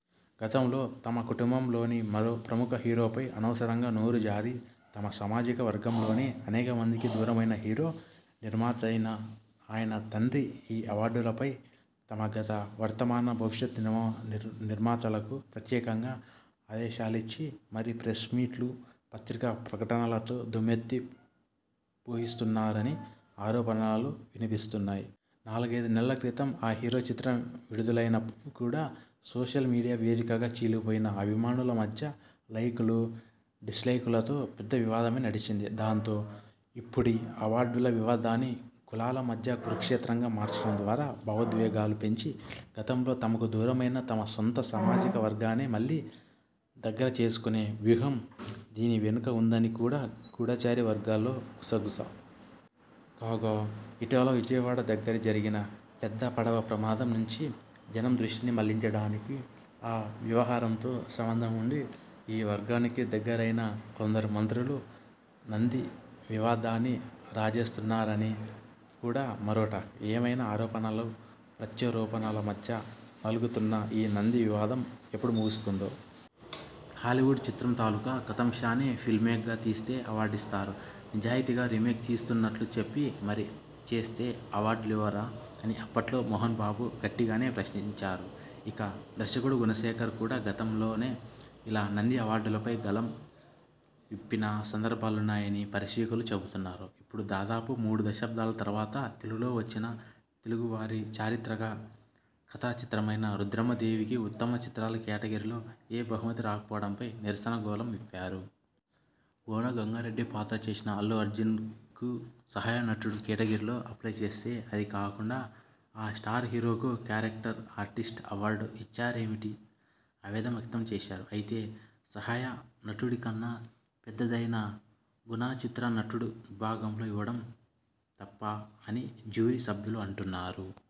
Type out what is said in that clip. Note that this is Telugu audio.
గతంలో తమ కుటుంబంలోని మరో ప్రముఖ హీరోపై అనవసరంగా నోరు జారి, తమ సామాజిక వర్గంలోనే అనేక మందికి దూరమైన హీరో, నిర్మాతైన ఆయన తండ్రి ఈ అవార్డులపై తమ గత, వర్తమాన, భవిష్యత్ నిర్మాతలకు ప్రత్యేకంగా ఆదేశాలిచ్చి మరీ, ప్రెస్ మీట్లు, పత్రికా ప్రకటనలతో దుమ్మెత్తిపోయిస్తున్నారని ఆరోపణలు వినిపిస్తున్నాయి. నాలుగైదు నెలల క్రితం ఆ హీరో చిత్రం విడుదలైనప్పుడు కూడా సోషల్ మీడియా వేదికగా చీలిపోయిన అభిమానుల మధ్య లైకులు, డిస్లైకులతో పెద్ద వివాదమే నడిచింది. దాంతో, ఇప్పుడీ అవార్డుల వివాదాన్ని కులాల మధ్య కురుక్షేత్రంగా మార్చడం ద్వారా భావోద్వేగాలు పెంచి, గతంలో తమకు దూరమైన తమ సొంత సామాజిక వర్గాన్నే మళ్ళీ దగ్గర చేసుకొనే వ్యూహం దీని వెనుక ఉందని కూడా గూఢచారి వర్గాల్లో గుసగుస. కాగా, ఇటీవల విజయవాడ దగ్గర జరిగిన పెద్ద పడవ ప్రమాదం నుంచి జనం దృష్టిని మళ్ళించడానికి, ఆ వ్యవహారంతో సంబంధం ఉండి, ఈ వర్గానికి దగ్గరైన కొందరు మంత్రులు నంది వివాదాన్ని రాజేస్తున్నారని కూడా మరో టాక్. ఏమైనా, ఆరోపణలు, ప్రత్యారోపణల మధ్య నలుగుతున్న ఈ నంది వివాదం ఎప్పుడు ముగుస్తుందో? హాలీవుడ్ చిత్రం తాలూకు కథాంశాన్ని ఫ్రీమేక్గా తీస్తే అవార్డిస్తారు, నిజాయతీగా రీమేక్ తీస్తున్నట్లు చెప్పి మరీ చేస్తే అవార్డులివ్వరా అని అప్పట్లో మోహన్బాబు గట్టిగానే ప్రశ్నంచారు. ఇక, దర్శకుడు గుణశేఖర్ కూడా గతంలోనూ ఇలా నంది అవార్డులపై గళం విప్పిన సందర్భాలున్నాయని పరిశీలకులు చెబుతున్నారు. ఇప్పుడు దాదాపు మూడు దశాబ్దాల తరువాత తెలుగులో వచ్చిన తెలుగు వారి చారిత్రక కథాచిత్రమైన 'రుద్రమదేవి'కి ఉత్తమ చిత్రాల కేటగిరిలో ఏ బహుమతీ రాకపోవడంపై నిరసన గళం విప్పారు. 'గోన గన్నారెడ్డి' పాత్ర చేసిన అల్లు అర్జున్కు సహాయ నటుడు కేటగిరీలో అప్లై చేస్తే, అది కాకుండా ఆ స్టార్ హీరోకు క్యారెక్టర్ ఆర్టిస్ట్ అవార్డు ఇచ్చారేమిటని ఆవేదన వ్యక్తం చేశారు. అయితే, సహాయ నటుడి కన్నా పెద్దదైన గుణచిత్ర నటుడు విభాగంలో ఇవ్వడం అని జ్యూరీ సభ్యులు అంటున్నారు.